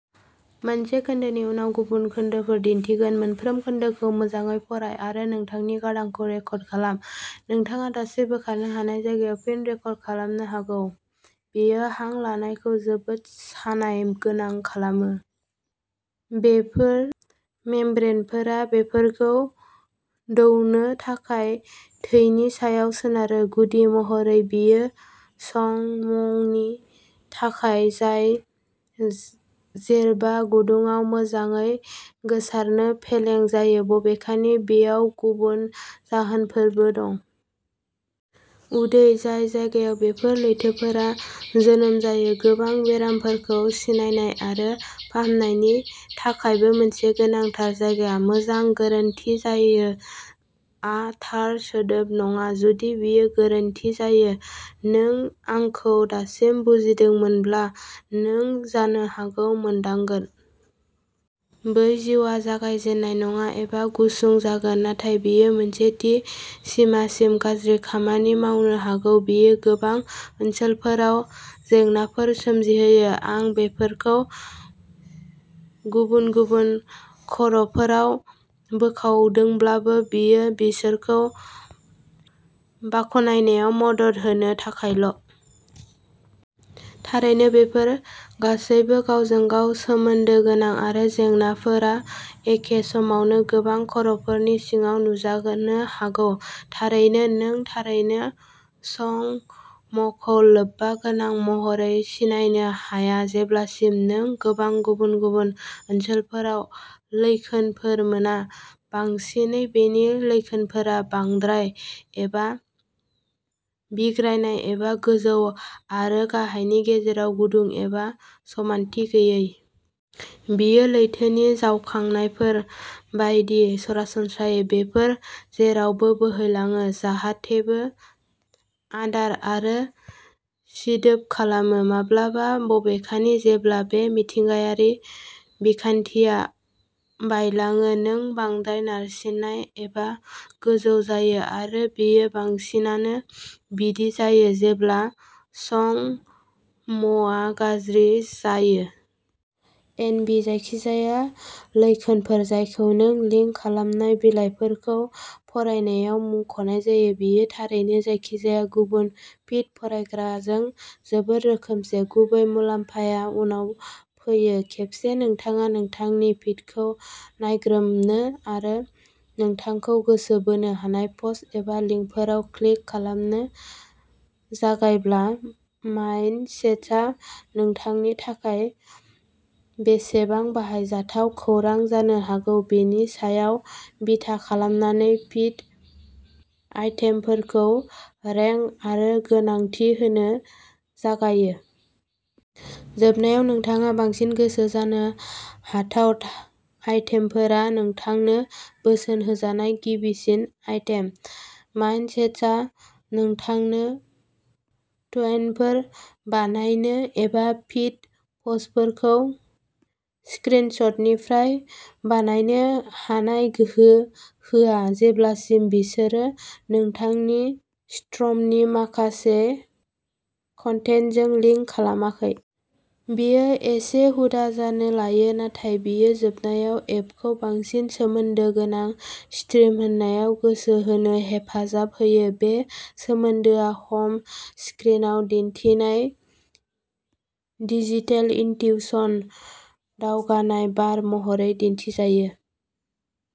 बेयो हां लानायखौ जोबोद सानाय गोनां खालामो। बेफोर मेम्ब्रेनफोरा बेफोरखौ दौनो थाखाय थैनि सायाव सोनारोः गुदि महरै बेयो चं म'नि थाखाय, जाय जेरबा गुदुङाव मोजाङै गोसारनो फेलें जायो, बबेखानि बेयाव गुबुन जाहोनफोरबो दं। उदै, जाय जायगायाव बेफोर लैथोफोरा जोनोम जायो, गोबां बेरामफोरखौ सिनायनाय आरो फाहामनायनि थाखायबो मोनसे गोनांथार जायगा। मोजां,'गोरोन्थि जायो'आ थार सोदोब नङा! जुदि बेयो गोरोन्थि जायो, नों आंखौ दासिम बुजिदोंमोनब्ला, नों जानो हागौ मोनदांगोन। बै जिउआ जागाय जेननाय नङा एबा गुसुं जागोन। नाथाय बेयो मोनसे थि सिमासिम गाज्रि खामानि मावनो हागौ। बेयो गोबां ओनसोलफोराव जेंनाफोर सोमजिहोयो। आं बेफोरखौ गुबुन गुबुन खर'फोराव बोखावदोंब्लाबो, बेयो बिसोरखौ बाखनायनायाव मदद होनो थाखायल'। थारैनो, बेफोर गासैबो गावजों-गाव सोमोन्दो गोनां आरो जेंनाफोरा एखे समावनो गोबां खर'फोरनि सिङाव नुजानो हागौ। थारैनो, नों थारैनो चं म'खौ लोब्बा गोनां महरै सिनायनो हाया जेब्लासिम नों गोबां गुबुन-गुबुन ओनसोलफोराव लैखोनफोर मोना। बांसिनै, बेनि लैखोनफोरा बांद्राय, एबा'बिग्रायनाय', एबा गोजौ आरो गाहायनि गेजेराव गुदुं एबा समानथि गैयै। बेयो लैथोनि जावखांनायफोर बायदि। सरासनस्रायै बेफोर जेरावबो बोहैलाङो, जाहातेबो आदार आरो सिदोब खालामो। माब्लाबा, बबेखानि, जेब्ला बे मिथिंगायारि बिखान्थिया बायलाङो, नों बांद्राय नारसिननाय एबा गोजौ जायो, आरो बेयो बांसिनानो बिदि जायो जेब्ला चं म'आ गाज्रि जायो। एन. बि. जायखिजाया लैखोनफोर जायखौ नों लिंक खालामनाय बिलाइफोरखौ फरायनायाव मुंख'नाय जायो। बेयो थारैनो जायखिजाया गुबुन फिड फरायग्राजों जोबोद रोखोमसे। गुबै मुलाम्फाया उनाव फैयो। खेबसे नोंथाङा नोंथांनि फिडफोरखौ नायग्रोमनो आरो नोंथांखौ गोसो बोनो हानाय पस्ट एबा लिंकफोराव क्लिक खालामनो जागायब्ला, माय सेन्सआ नोंथांनि थाखाय बेसेबां बाहायजाथाव खौरां जानो हागौ बेनि सायाव बिथा खालामनानै फिड आइटेमफोरखौ रेंक आरो गोनांथि होनो जागायो। जोबनायाव, नोंथाङा बांसिन गोसो जानो हाथाव आइटेमफोरा नोंथांनो बोसोन होजानाय गिबिसिन आइटेम। माय सेन्सआ नोंथांनो टुइटफोर बानायनो एबा फिड पस्टफोरखौ स्क्र्याचनिफ्राय बानायनो हानाय गोहो होआ, जेब्लासिम बिसोरो नोंथांनि स्ट्रिमनि माखासे कन्टेन्टजों लिंक खालामाखै। बेयो एसे हुदा जानो लायो, नाथाय बेयो जोबनायाव एपखौ बांसिन सोमोन्दो गोनां स्ट्रिम होनायाव गोसो होनो हेफाजाब होयो। बे सोमोन्दोआ हम स्क्रिनआव दिन्थिनाय "डिजिटेल इन्टुइशन" दावगानाय बार महरै दिन्थिजायो।